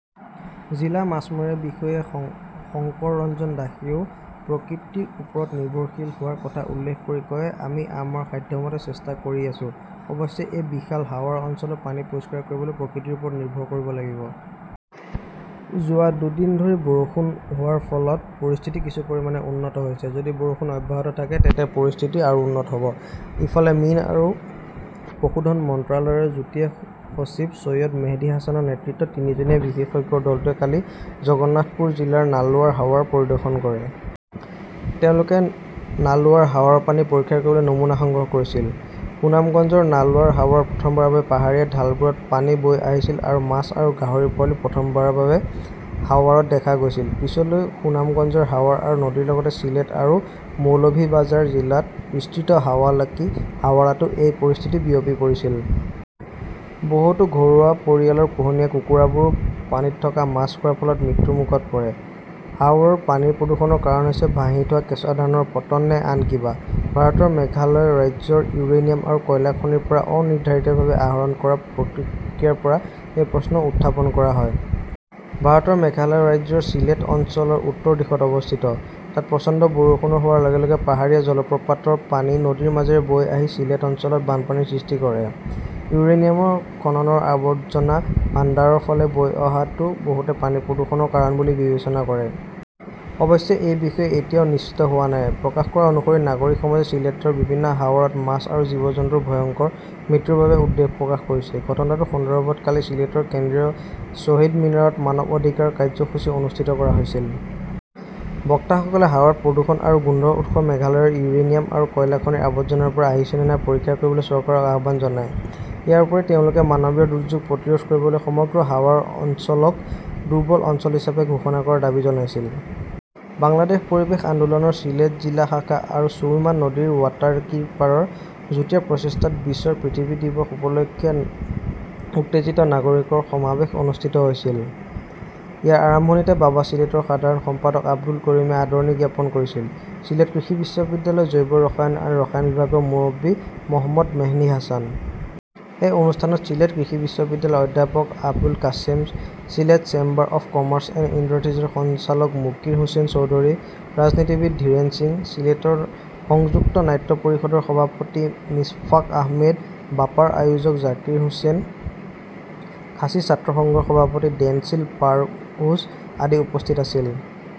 জিলা মাছমৰীয়া বিষয়া শংকৰ ৰঞ্জন দাসেও প্ৰকৃতিৰ ওপৰত নিৰ্ভৰশীল হোৱাৰ কথা উল্লেখ কৰি কয়, আমি আমাৰ সাধ্যমতে চেষ্টা কৰি আছো। অৱশ্যে, এই বিশাল হাৱৰ অঞ্চলত পানী পৰিষ্কাৰ কৰিবলৈ প্ৰকৃতিৰ ওপৰত নিৰ্ভৰ কৰিব লাগিব। যোৱা দুদিন ধৰি বৰষুণ হোৱাৰ ফলত পৰিস্থিতি কিছু পৰিমাণে উন্নত হৈছে। যদি বৰষুণ অব্যাহত থাকে তেন্তে পৰিস্থিতি আৰু উন্নত হ'ব। ইফালে, মীন আৰু পশুধন মন্ত্ৰালয়ৰ যুটীয়া সচিব চৈয়দ মেহেদী হাছানৰ নেতৃত্বত তিনিজনীয়া বিশেষজ্ঞৰ দলটোৱে কালি জগন্নাথপুৰ জিলাৰ নালুৱাৰ হাৱাৰ পৰিদৰ্শন কৰে। তেওঁলোকে নালুৱাৰ হাৱাৰৰ পানী পৰীক্ষা কৰিবলৈ নমুনা সংগ্ৰহ কৰিছিল। সুনামগঞ্জৰ নালুৱাৰ হাৱাৰত প্ৰথমবাৰৰ বাবে পাহাৰীয়া ঢালবোৰত পানী বৈ আহিছিল আৰু মাছ আৰু গাহৰিৰ পোৱালিও প্ৰথমবাৰৰ বাবে হাৱাৰত দেখা গৈছিল। পিছলৈ সুনামগঞ্জৰ হাৱাৰ আৰু নদীৰ লগতে চিলেট আৰু মৌলভিবাজাৰ জিলাত বিস্তৃত হাকালুকি হাৱাৰতো এই পৰিস্থিতি বিয়পি পৰিছিল। বহুতো ঘৰুৱা পৰিয়ালৰ পোহনীয়া কুকুৰবোৰো পানীত থকা মাছ খোৱাৰ ফলত মৃত্যুমুখত পৰে। হাওৰৰ পানীৰ প্ৰদূষণৰ কাৰণ হৈছে পানীত ভাহি থোৱা কেঁচা ধানৰ পচন, নে আন কিবা? ভাৰতৰ মেঘালয় ৰাজ্যৰ ইউৰেনিয়াম আৰু কয়লা খনিৰ পৰা অনিৰ্ধাৰিতভাৱে আহৰণ কৰা প্ৰক্ৰিয়াৰ পৰা এই প্ৰশ্ন উত্থাপন হয়। ভাৰতৰ মেঘালয় ৰাজ্যৰ সিলেট অঞ্চলৰ উত্তৰ দিশত অৱস্থিত। তাত প্ৰচণ্ড বৰষুণ হোৱাৰ লগে লগে পাহাৰীয়া জলপ্ৰপাতৰ পানী নদীৰ মাজেৰে বৈ আহি সিলেট অঞ্চলত বানপানীৰ সৃষ্টি কৰে। ইউৰেনিয়াম খননৰ আৱৰ্জনা ভাণ্ডাৰৰ ফালে বৈ অহাটো বহুতে পানী প্ৰদূষণৰ কাৰণ বুলি বিবেচনা কৰে। অৱশ্যে, এই বিষয়ে এতিয়াও নিশ্চিত হোৱা নাই। প্ৰকাশ কৰা অনুসৰি, নাগৰিক সমাজে ছিলেটৰ বিভিন্ন হাৱাৰত মাছ আৰু জীৱ-জন্তুৰ ভয়ংকৰ মৃত্যুৰ বাবে উদ্বেগ প্ৰকাশ কৰিছে। ঘটনাটোৰ সন্দৰ্ভত কালি চিলেটৰ কেন্দ্ৰীয় শ্বহীদ মিনাৰত মানৱ অধিকাৰ কাৰ্যসূচী অনুষ্ঠিত কৰা হৈছিল। বক্তাসকলে হাৱাৰত প্ৰদূষণ আৰু গোন্ধৰ উৎস মেঘালয়ৰ ইউৰেনিয়াম আৰু কয়লা খনিৰ আৱৰ্জনাৰ পৰা আহিছে নে নাই পৰীক্ষা কৰিবলৈ চৰকাৰক আহ্বান জনায়। ইয়াৰ উপৰিও তেওঁলোকে মানৱীয় দুৰ্যোগ প্ৰতিৰোধ কৰিবলৈ সমগ্ৰ হাৱাৰ অঞ্চলক দুৰ্বল অঞ্চল হিচাপে ঘোষণা কৰাৰ দাবী জনাইছিল। বাংলাদেশ পৰিৱেশ আন্দোলনৰ চিলেট জিলা শাখা আৰু সুৰমা নদীৰ ৱাটাৰকীপাৰৰ যুটীয়া প্ৰচেষ্টাত বিশ্ব পৃথিৱী দিৱস উপলক্ষে উত্তেজিত নাগৰিকৰ সমাৱেশ অনুষ্ঠিত হৈছিল। ইয়াৰ আৰম্ভণিতে বাবা চিলেটৰ সাধাৰণ সম্পাদক আব্দুল কাৰিমে আদৰণি জ্ঞাপন কৰিছিল। ছিলেট কৃষি বিশ্ববিদ্যালয়ৰ জৈৱ ৰসায়ন আৰু ৰসায়ন বিভাগৰ মুৰব্বী মোহম্মদ মেহদী হাছান। এই অনুষ্ঠানত ছিলেট কৃষি বিশ্ববিদ্যালয়ৰ অধ্যাপক Abul Kashem, Sylhet chamber of commerce and ইণ্ডাষ্ট্ৰীজৰ সঞ্চালক মুকিৰ হোসেন চৌধুৰী, ৰাজনীতিবিদ ধীৰেন সিং, ছিলেটৰ সংযুক্ত নাট্য পৰিষদৰ সভাপতি মিছফাক আহমেদ, বাপাৰ আয়োজক জাকিৰ হোসেন, খাচী ছাত্ৰ সংঘৰ সভাপতি ডেঞ্চিল পাৰ-জোহু আদি উপস্থিত আছিল।